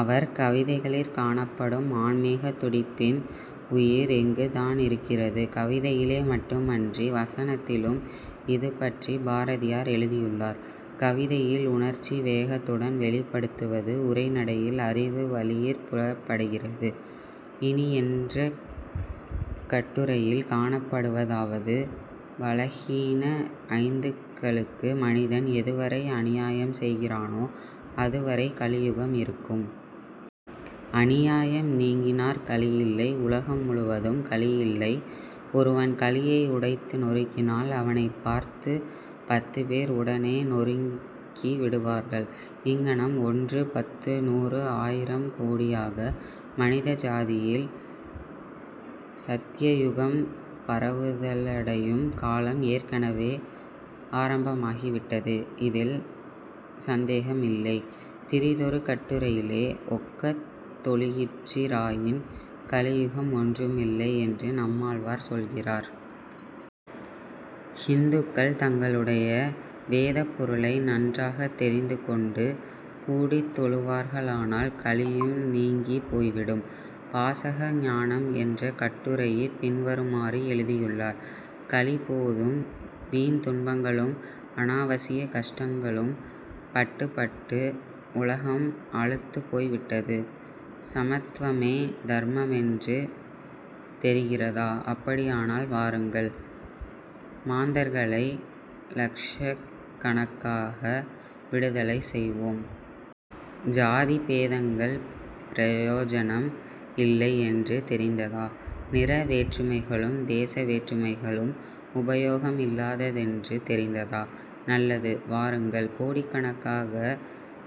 அவர் கவிதைகளிற் காணப்படும் ஆன்மீகத் துடிப்பின் உயிர் இங்குதானிருக்கிறது. கவிதையிலே மட்டுமன்றி வசனத்திலும் இதுபற்றிப் பாரதியார் எழுதியுள்ளார். கவிதையில் உணர்ச்சி வேகத்துடன் வௌிப்படுத்துவது உரை நடையில் அறிவு வழியிற் புலப்படுகிறது. இனி என்ற கட்டுரையில் காணப்படுவதாவது: "பலஹீன ஐந்துக்களுக்கு மனிதன் எதுவரை அநியாயம் செய்கிறானோ அதுவரை கலியுகம் இருக்கும். அநியாயம் நீங்கினாற் கலியில்லை; உலகம் முழுவதும் கலியில்லை- ஒருவன் கலியை உடைத்து நொறுக்கினால், அவனைப் பார்த்துப் பத்துப்பேர் உடனே நொறுக்கிவிடுவார்கள். இங்ஙனம் ஒன்று, பத்து, நூறு, ஆயிரம், கோடியாக; மனித ஜாதியில் ஸத்யயுகம் பரவுதலடையும் காலம் ஏற்கெனவே ஆரம்பமாகிவிட்டது. இதில் ஸந்தேகமில்லை" பிறிதொரு கட்டுரையிலே, "ஒக்கத் தொழுகிற்றிராயின், கலியுகம் ஒன்று மில்லை" என்று நம்மாழ்வார் சொல்கிறார். ஹிந்துக்கள் தங்களுடைய வேதப் பொருளை நன்றாகத் தெரிந்துகொண்டு கூடித் தொழுவார்களானால், கலியும் நீங்கிப் போய்விடும். " வாசக ஞானம் என்ற கட்டுரையிற் பின்வருமாறு எழுதியுள்ளார்: "கலி போதும்; வீண் துன்பங்களும் அநாவசியக் கஷ்டங்களும் பட்டுப் பட்டு உலகம் அலுத்துப் போய்விட்டது- ஸமத்வமே தர்மமென்று தெரிகிறதா? அப்படியானால் வாருங்கள்: மாந்தர்களை லக்ஷக்கணக்காக விடுதலை செய்வோம். ஜாதி பேதங்கள் பிரயோஜனம் இல்லை என்று தெரிந்ததா? நிற வேற்றுமைகளும் தேச வேற்றுமைகளும் உபயோகம் இல்லாததென்று தெரிந்ததா? நல்லது வாருங்கள். கோடிக்கணக்காக,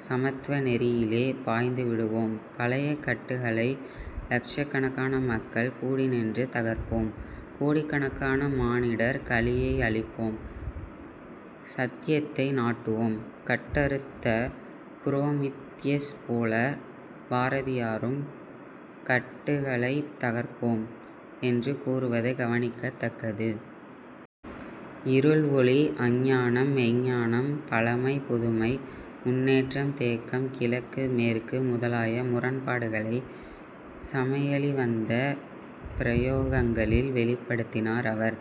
ஸமத்வ நெறியிலே பாய்ந்துவிடுவோம். பழைய கட்டுகளை லக்ஷக்கணக்கான மக்கள் கூடிநின்று தகர்ப்போம்:... கோடிக்காணக்கான மானிடர்... கலியை அழிப்போம். ஸத்யத்தை நாட்டுவோம்" கட்டறுத்த புரோமித்தியஸ் போல பாரதியாரும் "கட்டுக்களைத் தகர்ப்போம்" என்று கூறுவது கவனிக்கத்தக்கது. இருள்-ஒளி, அஞ்ஞானம் மெய்ஞ்ஞானம், பழமை-புதுமை, முன்னேற்றம்-தேக்கம், கிழக்கு-மேற்கு, முதலாய முரண்பாடுகளைச் சமய ழிவந்த பிரயோகங்களில் வௌிப்படுத்தினார் அவர்.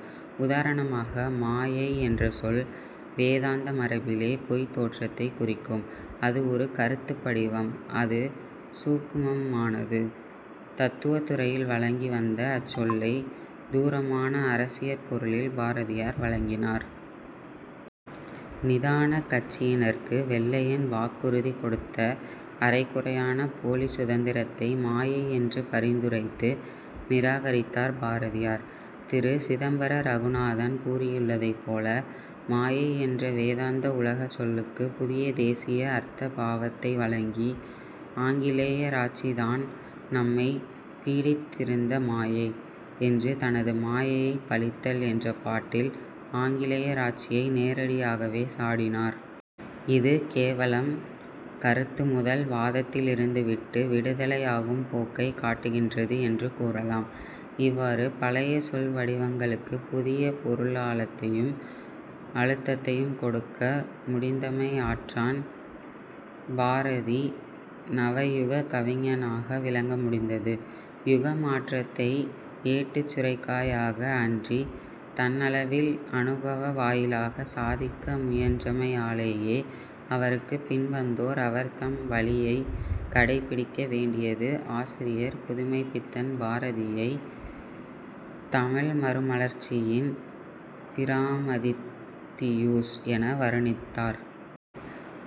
உதாரணமாக மாயை என்ற சொல் வேதாந்த மரபிலே பொய்த் தோற்றத்தைக் குறிக்கும்; அது ஒரு கருத்துப் படிவம்; அது சூக்குமமானது. தத்துவத் துறையில் வழங்கி வந்த அச் சொல்லைத் தூரமான அரசியற் பொருளில் பாரதியார் வழங்கினார். நிதானக் கட்சியினருக்கு வெள்ளையன் வாக்குறுதி கொடுத்த அரைகுறையான போலிச் சுதந்தரத்தை மாயை என்று பரித்துரைத்து நிராகரித்தார் பாரதியார். திரு. சிதம்பர ரகுநாதன் கூறியுள்ளதைப் போல, "மாயை என்ற வேதாந்த உலகச் சொல்லுக்கு, புதிய தேசிய அர்த்த பாவத்தை வழங்கி, ஆங்கிலேயராட்சி தான் நம்மைப் பீடித்திருந்த மாயை" என்று தனது மாயையைப் பழித்தல் என்ற பாட்டில் ஆங்கிலேயராட்சியை நேரடியாகவே சாடினார். இது கேவலம் கருத்து முதல் வாதத்திலிருந்து விட்டு விடுதலையாகும் போக்கைக் காட்டுகின்றது என்று கூறலாம். இவ்வாறு பழைய சொல்வடிவங்களுக்குப் புதிய பொருளாழத்தையும் அழுத்தத்தையும் கொடுக்க முடிந்தமையாற்றான் பாரதி நவயுகக் கவிஞனாக விளங்க முடிந்தது. யுக மாற்றத்தை ஏட்டுச்சுரைக்காயாக அன்றித் தன்னளவில் அநுபவ வாயிலாகச் சாதிக்க முயன்றமையாலேயே அவருக்குப் பின் வந்தோர் அவர் தம் வழியைக் கடைப்பிடிக்க வேண்டியது ஆசிரியர் புதுமைப்பித்தன் பாரதியைத் "தமிழ் மறுமலர்ச்சியின் பிராமதித்தியூஸ்" என வருணித்தார்.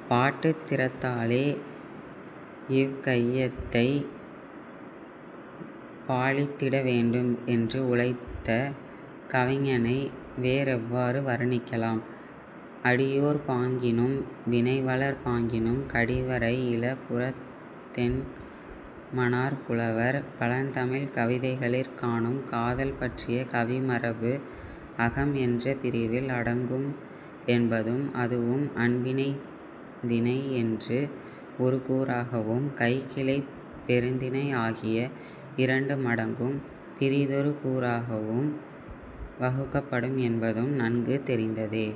'பாட்டுத் திறத்தாலே இவ்கையத்தைப் பாலித்திட வேண்டும்' என்று உழைத்த கவிஞனை வேறெவ்வாறு வருணிக்கலாம்? "அடியோர் பாங்கினும் வினைவலர் பாங்கினும் கடிவரை இலபுறத் தென்மனார்புலவர்" பழந் தமிழ்க் கவிதைகளிற் காணும் காதல் பற்றிய கவிமரபு அகம் என்ற பிரிவில் அடங்கும் என்பதும், அதுவும் அன்பினைந்திணை என்று ஒரு கூறாகவும் கைக்கிளை பெருந்திணை ஆகிய இரண்டு மடங்கும் பிறிதொரு கூறாகவும் வகுக்கப்படும் என்பதும் நன்கு தெரிந்ததே.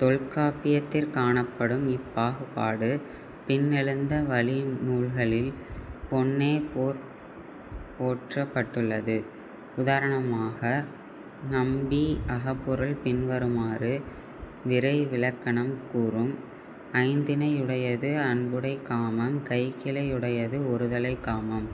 தொல்காப்பியத்திற் காணப்படும் இப்பாகுபாடு பின்னெழுந்த வழிநூல்களில் பொன்னே போற் போற்றப்பட்டுள்ளது. உதாரணமாக, நம்பி அகப்பொருள் பின்வருமாறு விரைவிலக்கணம் கூறும்: "ஐந்திணை யுடையது அன்புடைக் காமம்" "கைக்கிளை யுடையது ஒருதலைக் காமம்"